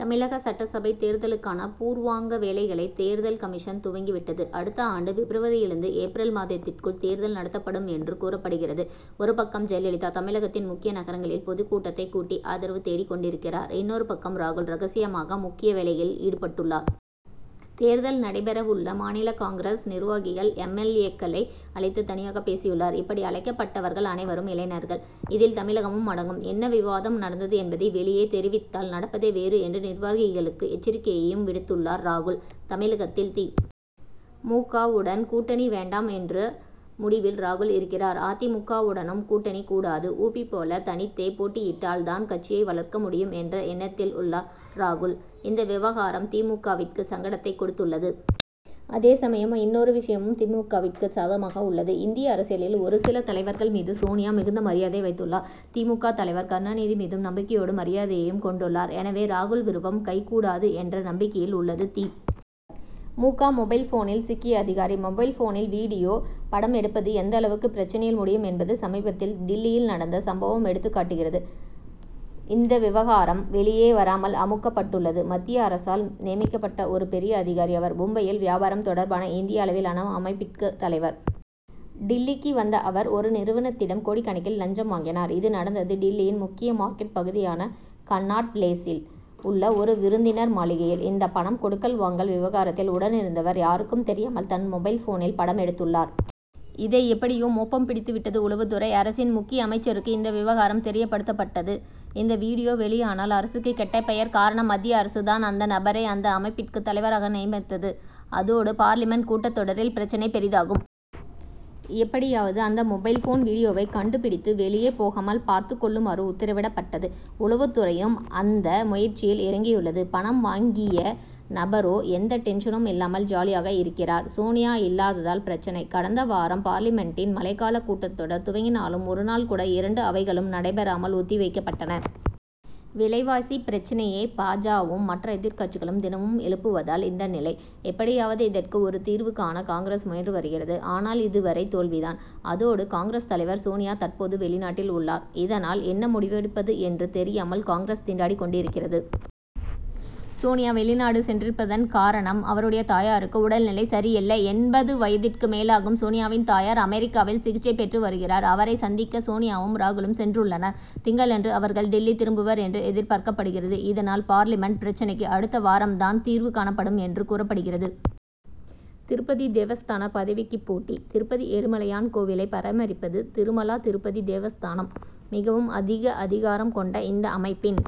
தமிழக சட்டசபைத் தேர்தலுக்கான பூர்வாங்க வேலைகளை தேர்தல் கமிஷன் துவங்கிவிட்டது. அடுத்த ஆண்டு பிப்ரவரியிலிருந்து, ஏப்ரல் மாதத்திற்குள் தேர்தல் நடத்தப்படும் என்று கூறப்படுகிறது. ஒரு பக்கம் ஜெயலலிதா, தமிழகத்தின் முக்கிய நகரங்களில் பொதுக் கூட்டத்தைக் கூட்டி ஆதரவு தேடிக் கொண்டிருக்கிறார். இன்னொரு பக்கம், ராகுல் ரகசியமாக முக்கிய வேலையில் ஈடுபட்டுள்ளார். தேர்தல் நடைபெறவுள்ள மாநில காங்கிரஸ் நிர்வாகிகள், எம். எல். ஏ.,க்களை அழைத்து தனியாக பேசியுள்ளார். இப்படி அழைக்கப்பட்டவர்கள் அனைவரும் இளைஞர்கள். இதில் தமிழகமும் அடங்கும். என்ன விவாதம் நடந்தது என்பதை வெளியே தெரிவித்தால், நடப்பதே வேறு என்று நிர்வாகிகளுக்கு எச்சரிக்கையையும் விடுத்துள்ளார் ராகுல். தமிழகத்தில் தி. மு. க.,வுடன் கூட்டணி வேண்டாம் என்ற முடிவில் ராகுல் இருக்கிறார். "அ. தி. மு. க.,வுடனும் கூட்டணி கூடாது. உ. பி., போல தனித்தே போட்டியிட்டால் தான் கட்சியை வளர்க்க முடியும்' என்ற எண்ணத்தில் உள்ளார் ராகுல். இந்த விவகாரம் தி. மு. க.,விற்கு சங்கடத்தைக் கொடுத்துள்ளது. அதே சமயம், இன்னொரு விஷயமும் தி. மு. க.,விற்கு சாதகமாக உள்ளது. இந்திய அரசியலில், ஒரு சில தலைவர்கள் மீது சோனியா மிகுந்த மரியாதை வைத்துள்ளார். தி. மு. க., தலைவர் கருணாநிதி மீதும் நம்பிக்கையோடு மரியாதையையும் கொண்டுள்ளார். எனவே, ராகுல் விருப்பம் கைகூடாது என்ற நம்பிக்கையில் உள்ளது தி. மு. க., மொபைல்போனில் சிக்கிய அதிகாரி: மொபைல்போனில் வீடியோ படம் எடுப்பது எந்த அளவுக்கு பிரச்னையில் முடியும் என்பது, சமீபத்தில் டில்லியில் நடந்த சம்பவம் எடுத்துக் காட்டுகிறது. இந்த விவகாரம் வெளியே வராமல் அமுக்கப்பட்டுள்ளது. மத்திய அரசால் நியமிக்கப்பட்ட ஒரு பெரிய அதிகாரி அவர். மும்பையில் வியாபாரம் தொடர்பான இந்திய அளவிலான அமைப்பிற்கு தலைவர். டில்லிக்கு வந்த அவர், ஒரு நிறுவனத்திடம் கோடிக்கணக்கில் லஞ்சம் வாங்கினார். இது நடந்தது, டில்லியின் முக்கிய மார்க்கெட் பகுதியான கன்னாட் பிளேசில் உள்ள ஒரு விருந்தினர் மாளிகையில். இந்த பணம் கொடுக்கல் வாங்கல் விவகாரத்தில் உடன் இருந்தவர், யாருக்கும் தெரியாமல் தன் மொபைல்போனில் படம் எடுத்துள்ளார். இதை எப்படியோ மோப்பம் பிடித்துவிட்டது உளவுத்துறை. அரசின் முக்கிய அமைச்சருக்கு இந்த விவகாரம் தெரியப்படுத்தப்பட்டது. இந்த வீடியோ வெளியானால் அரசுக்கு கெட்ட பெயர். காரணம், மத்திய அரசு தான் அந்த நபரை, அந்த அமைப்பிற்கு தலைவராக நியமித்தது. அதோடு, பார்லிமென்ட் கூட்டத் தொடரில் பிரச்னை பெரிதாகும். எப்படியாவது அந்த மொபைல்போன் வீடியோவை கண்டுபிடித்து, வெளியே போகாமல் பார்த்துக் கொள்ளுமாறு உத்தரவிடப்பட்டது. உளவுத் துறையும் அந்த முயற்சியில் இறங்கியுள்ளது. பணம் வாங்கிய நபரோ, எந்த டென்ஷனும் இல்லாமல் ஜாலியாக இருக்கிறார். சோனியா இல்லாததால் பிரச்னை: கடந்த வாரம் பார்லிமென்டின் மழைக்காலக் கூட்டத்தொடர் துவங்கினாலும், ஒருநாள் கூட இரண்டு அவைகளும் நடைபெறாமல் ஒத்தி வைக்கப்பட்டன. விலைவாசி பிரச்னையை பா. ஜ.,வும் மற்ற எதிர்க்கட்சிகளும் தினமும் எழுப்புவதால் இந்த நிலை. எப்படியாவது இதற்கு ஒரு தீர்வு காண காங்கிரஸ் முயன்று வருகிறது. ஆனால், இதுவரை தோல்வி தான். அதோடு, காங்கிரஸ் தலைவர் சோனியா தற்போது வெளிநாட்டில் உள்ளார். இதனால், என்ன முடிவெடுப்பது என்று தெரியாமல் காங்கிரஸ் திண்டாடிக் கொண்டிருக்கிறது. சோனியா வெளிநாடு சென்றிருப்பதன் காரணம், அவருடைய தாயாருக்கு உடல்நிலை சரியில்லை. எண்பது வயதிற்கு மேலாகும் சோனியாவின் தாயார், அமெரிக்காவில் சிகிச்சை பெற்று வருகிறார். அவரை சந்திக்க சோனியாவும், ராகுலும் சென்றுள்ளனர். திங்களன்று அவர்கள் டில்லி திரும்புவர் என்று எதிர்பார்க்கப்படுகிறது. இதனால், பார்லிமென்ட் பிரச்னைக்கு அடுத்த வாரம் தான் தீர்வு காணப்படும் என்று கூறப்படுகிறது. திருப்பதி தேவஸ்தான பதவிக்கு போட்டி: திருப்பதி ஏழுமலையான் கோவிலை பராமரிப்பது, திருமலா திருப்பதி தேவஸ்தானம். மிகவும் அதிக அதிகாரம் கொண்ட இந்த அமைப்பின்